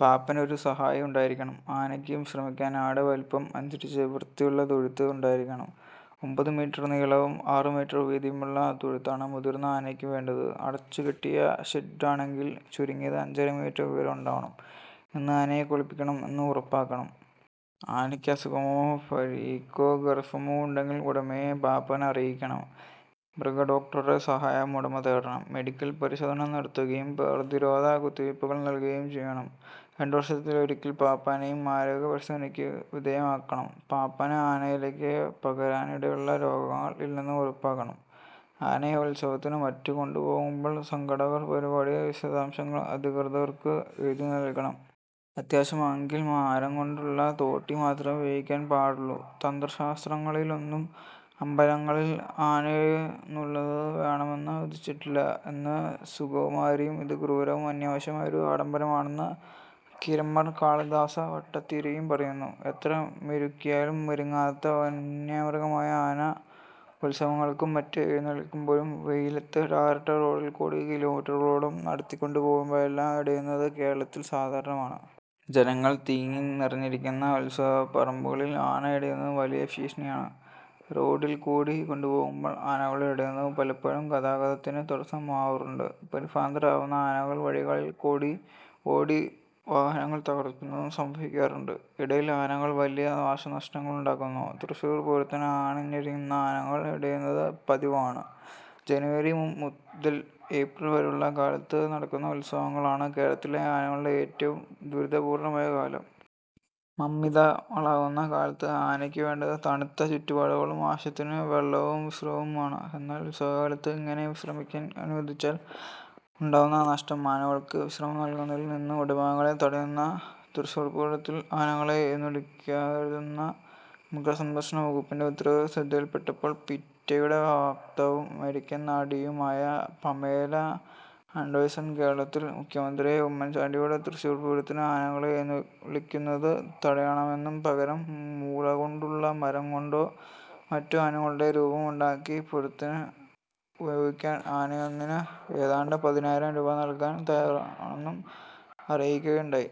പാപ്പാന് ഒരു സഹായി ഉണ്ടായിരിക്കണം. ആനയ്ക്ക് വിശ്രമിക്കാൻ ആനയുടെ വലിപ്പം അനുസരിച്ച് വൃത്തിയുള്ള തൊഴുത്ത് ഉണ്ടായിരിക്കണം. ഒമ്പതു മീറ്റർ നീളവും ആറു മീറ്റർ വീതിയുമുള്ള തൊഴുത്താണ് മുതിർന്ന ആനയ്ക്ക് വേണ്ടത്. അടച്ചുകെട്ടിയ ഷെഡ്ഡാണെങ്കിൽ ചുരുങ്ങിയത് അഞ്ചര മീറ്റർ ഉയരം ഉണ്ടാവണം. എന്നും ആനയെ കുളിപ്പിക്കുന്നു എന്ന് ഉറപ്പാക്കണം. ആനയ്ക്ക് അസുഖമോ പരിക്കോ ഗർഭമോ ഉണ്ടെങ്കിൽ ഉടമയെ പാപ്പാൻ അറിക്കണം. മൃഗഡോക്ടറുടെ സഹായം ഉടമ തേടണം. മെഡിക്കൽ പരിശോധന നടത്തുകയും പ്രതിരോധ കുത്തിവയ്പുകൾ നൽകുകയും വേണം. രണ്ടുവർഷത്തിലൊരിക്കൽ പാപ്പാനെയും ആരോഗ്യ പരിശോധനയ്ക്കു വിധേയനാക്കണം. പാപ്പാന് ആനയിലേക്ക് പകരാനിടയുള്ള രോഗങ്ങൾ ഇല്ലെന്ന് ഉറപ്പാക്കണം. ആനയെ ഉത്സവത്തിനും മറ്റും കൊണ്ടുപോകുമ്പോൾ സംഘാടകർ പരിപാടിയുടെ വിശദാംശങ്ങൾ അധികൃതർക്ക് എഴുതിനൽകണം. അത്യാവശ്യമെങ്കിൽ മരം കൊണ്ടുള്ള തോട്ടി മാത്രമേ ഉപയോഗിക്കാൻ പാടുള്ളൂ. തന്ത്രശാസ്ത്രങ്ങളിലൊന്നും അമ്പലങ്ങളിൽ ആനയെഴുന്നള്ളത്ത് വേണമെന്ന് വിധിച്ചിട്ടില്ല എന്നു സുഗതകുമാരിയും ഇത് ക്രൂരവും അനാവശ്യമായ ഒരു ആഡംബരമാണെന്ന് അക്കീരിമൺ കാളിദാസ ഭട്ടത്തിരിയും പറയുന്നു. എത്ര മെരുക്കിയാലും മെരുങ്ങാത്ത വന്യമൃഗമായ ആന ഉൽസവങ്ങൾക്കും മറ്റും എഴുന്നള്ളിക്കുമ്പോഴും വെയിലത്ത് ടാറിട്ട റോഡിൽക്കൂടി കിലോമീറ്ററുകളോളം നടത്തിക്കൊണ്ടുപോവുമ്പോഴുമെല്ലാം ഇടയുന്നത് കേരളത്തിൽ സാധാരണമാണ്. ജനങ്ങൾ തിങ്ങിനിറഞ്ഞിരിക്കുന്ന ഉൽസവപ്പറമ്പുകളിൽ ആന ഇടയുന്നത് വലിയ ഭീഷണിയാണ്. റോഡിൽക്കൂടി കൊണ്ടുപോകുമ്പോൾ ആനകൾ ഇടയുന്നത് പലപ്പോഴും ഗതാഗതത്തിന് തടസ്സമാവാറുണ്ട്. പരിഭ്രാന്തരാവുന്ന ആനകൾ വഴികളിൽക്കൂടി ഓടി വാഹനങ്ങൾ തകർക്കുന്നതും സംഭവിക്കാറുണ്ട്. ഇടയുന്ന ആനകൾ വലിയ നാശനഷ്ടങ്ങളും ഉണ്ടാക്കുന്നു. തൃശൂർ പൂരത്തിന് അണിനിരത്തുന്ന ആനകൾ ഇടയുന്നത് പതിവാണ്. ജനുവരി മുതൻ ഏപ്രിൽ വരെയുള്ള കാലത്ത് നടക്കുന്ന ഉൽസവങ്ങളാണ് കേരളത്തിലെ ആനകളുടെ ഏറ്റവും ദുരിതപൂർണ്ണമായ കാലം. മദമിളകുന്ന കാലത്ത് ആനയ്ക്ക് വേണ്ടത് തണുത്ത ചുറ്റുപാടുകളും ആവശ്യത്തിനു വെള്ളവും വിശ്രമവുമാണ്, എന്നാൽ ഉൽസവകാലത്ത് ഇങ്ങനെ വിശ്രമിക്കാൻ അനുവദിച്ചാൽ ഉണ്ടാവുന്ന നഷ്ടം ആനകൾക്ക് വിശ്രമം നൽകുന്നതിൽ നിന്നും ഉടമകളെ തടയുന്നു. തൃശൂർപൂരത്തിന് ആനകളെ എഴുന്നള്ളിക്കരുതെന്ന മൃഗസംരക്ഷണ വകുപ്പിന്റെ ഉത്തരവ് ശ്രദ്ധയിൽപ്പെട്ടപ്പോൾ പീറ്റയുടെ വക്താവും അമേരിക്കൻ നടിയുമായ പമേല ആൻഡേഴ്സൺ കേരളത്തിലെ മുഖ്യമന്ത്രിയായ ഉമ്മൻ ചാണ്ടിയോട് തൃശൂർ പൂരത്തിന് ആനകളെ എഴുന്നള്ളിക്കുന്നത് തടയണമെന്നും പകരം മുളകൊണ്ടോ മരംകൊണ്ടോ മറ്റോ ആനകളുടെ രൂപം ഉണ്ടാക്കി പൂരത്തിന് ഉപയോഗിക്കാൻ ആനയൊന്നിന് ഏതാണ്ട് പതിനായിരം രൂപ നൽകാൻ തയ്യാറാണെന്നും അറിയിക്കുകയുണ്ടായി.